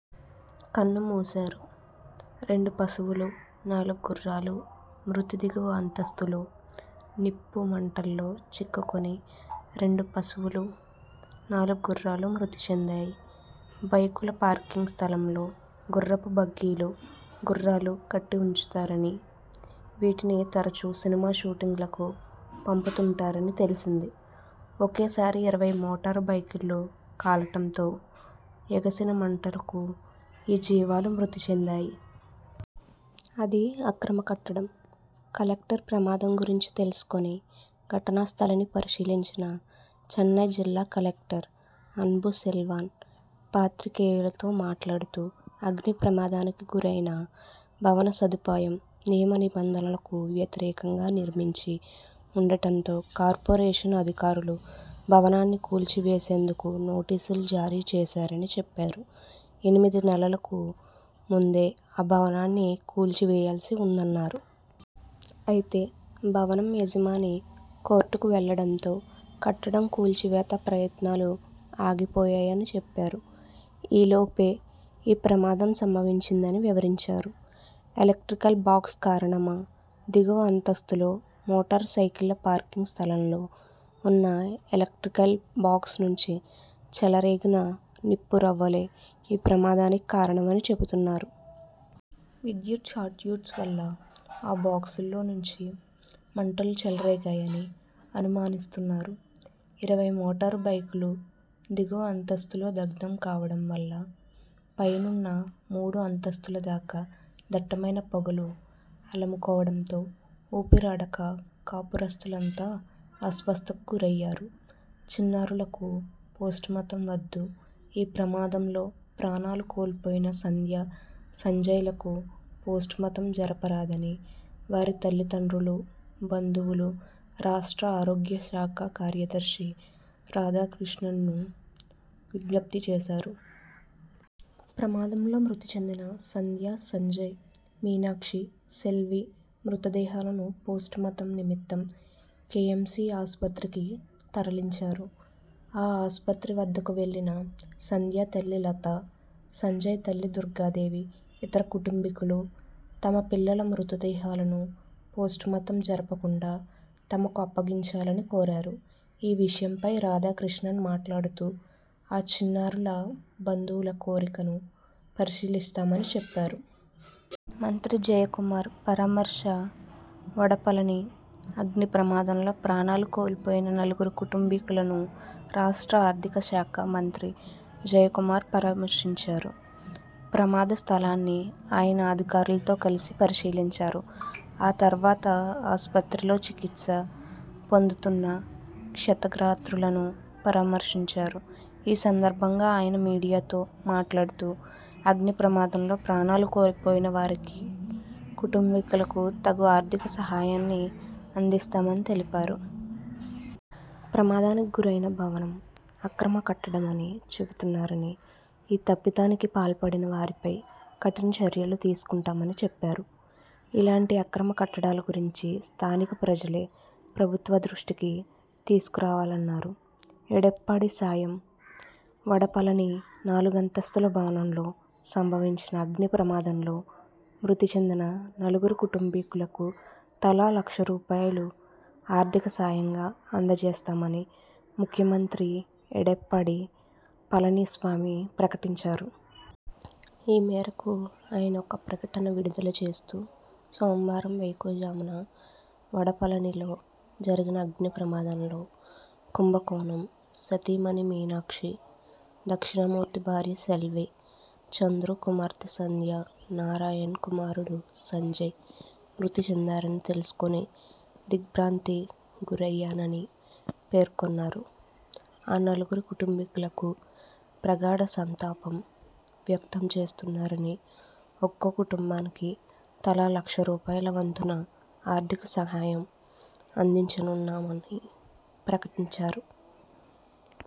కన్ను మూశారు. రెండు పశువులు, నాలుగు గుర్రాలు మృతి ధిగువ అంతస్తులో నిప్పుమంటల్లో చిక్కుకుని రెండు పశువులు, నాలుగు గుర్రాలు మృతి చెందాయి. బైకుల పార్కింగ్ స్థలంలో గుర్రపు బగ్గీలు, గుర్రాలు కట్టి ఉంచుతారని, వీటిని తరచూ సినిమా షూటింగ్లకు పంపుతుంటారని తెలిసింది. ఒకేసారి ఇరవై మోటారు బైకులు కాలటంతో ఎగసిన మంటలకు ఈ జీవాలు మృతి చెందాయి. అది అక్రమ కట్టడం కలెక్టర్ ప్రమాదం గురించి తెలుసుకొని ఘటనా స్థలిని పరిశీలించిన చెన్నై జిల్లా కలెక్టర్ అన్బుసెల్వన్ పాత్రికేయులతో మాట్లాడుతూ అగ్నిప్రమాదానికి గురైన భవన సముదాయం నియమనిబంధనలకు వ్యతిరేకంగా నిర్మించి ఉండటంతో కార్పొరేషన్ అధికారులు భవనాన్ని కూల్చివేసేందుకు నోటీసులు జారీ చేశారని చెప్పారు. ఎనిమిది నెలలకు ముందే ఆ భవనాన్ని కూల్చివేయాల్సి ఉందన్నారు. అయితే భవనం యజమాని కోర్టుకు వెళ్లడంతో కట్టడం కూల్చివేత ప్రయత్నాలు ఆగిపోయాయని చెప్పారు. ఈలోపే ఈ ప్రమాదం సంభవించిందని వివరించారు. ఎలక్ట్రికల్ బాక్స్ కారణమా? దిగువ అంతస్తులో మోటారు సైకిళ్ల పార్కింగ్ స్థలంలో ఉన్న ఎలెక్ట్రికల్ బాక్స్ నుంచి చెలరేగిన నిప్పురవ్వలే ఈ ప్రమాదానికి కారణమని చెబుతున్నారు. విద్యుత్ షార్ట్సర్క్యూట్ వల్ల ఆ బాక్స్లో నుంచి మంటలు చెలరేగాయని అనుమానిస్తున్నారు. ఇరవై మోటారు బైకులు దిగువ అంతస్థులో దగ్ధం కావడం వల్ల పైనున్న మూడు అంతస్తుల దాకా దట్టమైన పొగలు అలముకోవడంతో ఊపిరాడక కాపురస్తులంతా అస్వస్థతకు గురయ్యారు. చిన్నారులకు పోస్ట్మార్టం వద్దు ఈ ప్రమాదంలో ప్రాణాలు కోల్పోయిన సంధ్య, సంజయ్లకు పోస్టుమార్టం జరుపరాదని వారి తల్లిదండ్రులు, బంధువులు రాష్ట్ర ఆరోగ్యశాఖ కార్యదర్శి రాధాకృష్ణన్కు విజ్ఞప్తిచేశారు. ప్రమాదంలో మృతిచెందిన సంధ్య, సంజయ్, మీనాక్షి, సెల్వి మృతదేహాలను పోస్టుమార్టం నిమిత్తం కేఎంసీ ఆస్పత్రికి తరలించారు. ఆ ఆస్పత్రి వద్దకు వెళ్లిన సంధ్య తల్లి లతా, సంజయ్ తల్లి దుర్గాదేవి ఇతర కుటుంబీకులు తమ పిల్లల మృతదేహాలను పోస్టుమార్టం జరుపకుండా తమకు అప్పగించాలని కోరారు. ఈ విషయమై రాధాకృష్ణన్ మాట్లాడుతూ ఆ చిన్నారుల బంధువుల కోరికను పరిశీలిస్తామని చెప్పారు. మంత్రి జయకుమార్ పరామర్శ వడపళని అగ్నిప్రమాదంలో ప్రాణాలు కోల్పోయిన నలుగురి కుటుంబీకులను రాష్ట్ర ఆర్థిక శాఖ మంత్రి జయకుమార్ పరామర్శించారు. ప్రమాదస్థలాన్ని ఆయన అధికారులతో కలిసి పరిశీలించారు. ఆ తర్వాత ఆస్పత్రిలో చికిత్స పొందుతున్న క్షతగాత్రులను పరామర్శించారు. ఈ సందర్భంగా ఆయన మీడియాతో మాట్లాడుతూ అగ్నిప్రమాదంలో ప్రాణాలు కోల్పోయిన వారి కుటుంబీకులకు తగు ఆర్థిక సహాయాన్ని అం దిస్తామని తెలిపారు. ప్రమాదానికి గురైన భవనం అక్రమ కట్టడమని చెబుతున్నారని, ఈ తప్పిదానికి పాల్పడినవారిపై కఠిన చర్యలు తీసుకుంటామని చెప్పారు. ఇలాంటి అక్రమ కట్టడాలు గురించి స్థానిక ప్రజలే ప్రభుత్వ దృష్టికి తీసుకురావాలన్నారు. ఎడప్పాడి సాయం వడపళని నాలుగంతస్థుల భవనంలో సంభవించిన అగ్నిప్రమాదంలో మృతి చెందిన నలుగురి కుటుంబీకులకు తలా లక్షరూపాయలను ఆర్థిక సహాయంగా అంజేస్తామని ముఖ్యమంత్రి ఎడప్పాడి పళనిస్వామి ప్రకటించారు. ఈ మేరకు ఆయన ఓ ప్రకటన విడుదల చేస్తూ సోమవారం వేకువజామున వడపళనిలో జరిగిన అగ్నిప్రమాదంలో కుంభకోణం సతీమణి మీనాక్షి, దక్షిణామూర్తి భార్య సెల్వి, చంద్రు కుమార్తె సంధ్యా, నారాయణన్ కుమారుడు సంజయ్ మృతి చెందారని తెలుసుకుని దిగ్బ్రాంతి గురయ్యానని పేర్కొన్నారు. ఆ నలుగురి కుటుంబీకులకు ప్రగాఢ సంతాపం వ్యక్తంచేస్తున్నారని, ఒక్కో కుటుంబానికి తలా లక్ష రూపాయల వంతున ఆర్థిక సహాయం అందించనున్నామని ప్రకటించారు.